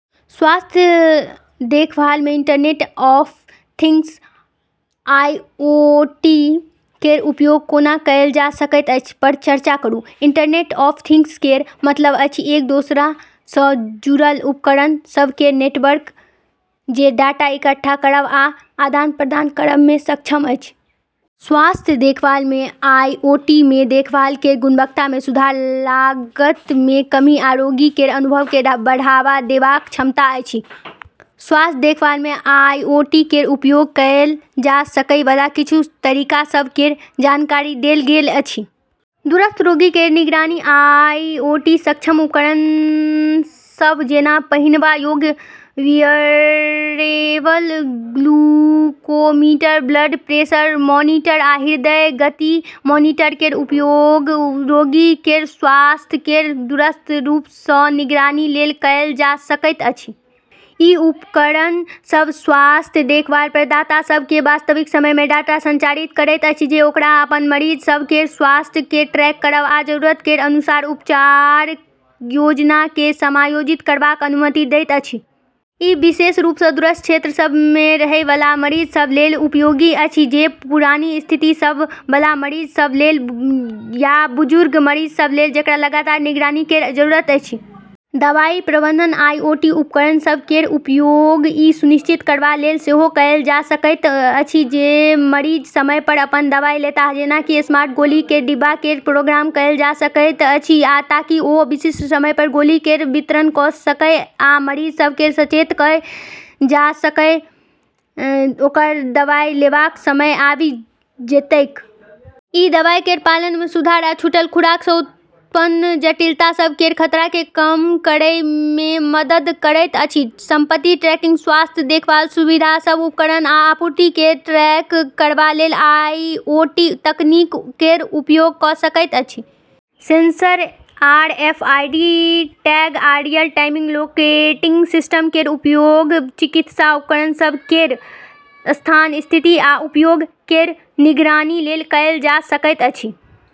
स्वास्थ्य देखभाल मे इंटरनेट ऑफ थिंग्स आईओटी केर उपयोग कोना कएल जा सकैत अछि पर चर्चा करू। इंटरनेट ऑफ थिंग्स केर मतलब अछि एक दोसरा सँ जुड़ल उपकरण सभ केर नेटवर्क जे डाटा इकट्ठा करब आ आदान प्रदान करब मे सक्षम अछि। स्वास्थ्य देखभाल मे आईओटी मे देखभाल केर गुणवत्ता मे सुधार लागत मे कमी आ रोगी केर अनुभव केँ बढ़ावा देबाक क्षमता अछि। स्वास्थ्य देखभाल मे आईओटी केर उपयोग कएल जा सकै बला किछु तरीका सभ केर जानकारी देल गेल अछि। दूरस्थ रोगी केर निगरानी आईओटी सक्षम उपकरण सभ जेना पहिनबा योग्य wearable glucometer blood pressure monitor आ हृदय गति मॉनिटर केर उपयोग रोगी केर स्वास्थ्य केर दूरस्थ रूप सँ निगरानी लेल कएल जा सकैत अछि। ई उपकरण सभ स्वास्थ्य देखभाल प्रदाता सभ केँ वास्तविक समय मे डाटा संचारित करैत अछि जे ओकरा अपन मरीज सभ केर स्वास्थ्य केँ ट्रैक करब आ जरूरत केर अनुसार उपचार योजना केँ समायोजित करबाक अनुमति दैत अछि। ई विशेष रूप सँ दूरस्थ क्षेत्र सभ मे रहै बला मरीज सभ लेल उपयोगी अछि जे पुरानी स्थिति सभ बला मरीज सभ लेल या बुजुर्ग मरीज सभ लेल जेकरा लगातार निगरानी केर जरूरत अछि। दवाई प्रबंधन आईओटी उपकरण सभ केर उपयोग ई सुनिश्चित करबा लेल सेहो कएल जा सकैत अछि जे मरीज समय पर अपन दवाई लेताह। जेना कि स्मार्ट गोली केर डिब्बा केँ प्रोग्राम कएल जा सकैत अछि ताकि ओ विशिष्ट समय पर गोली केर वितरण कऽ सकय आ मरीज सभ केँ सचेत कएल जा सकय जखन ओकर दवाई लेबाक समय आबि जेतैक। ई दवाई केर पालन मे सुधार आ छूटल खुराक सँ उत्पन्न जटिलता सभ केर खतरा केँ कम करै मे मदद करैत अछि। संपत्ति ट्रैकिंग स्वास्थ्य देखभाल सुविधा सभ उपकरण आ आपूर्ति केँ ट्रैक करबा लेल आईओटी तकनीक केर उपयोग कऽ सकैत अछि। सेंसर आरएफआईडी टैग आ रियल टाइम लोकेटिंग सिस्टम केर उपयोग चिकित्सा उपकरण सभ केर स्थान स्थिति आ उपयोग केर निगरानी लेल कएल जा सकैत अछि।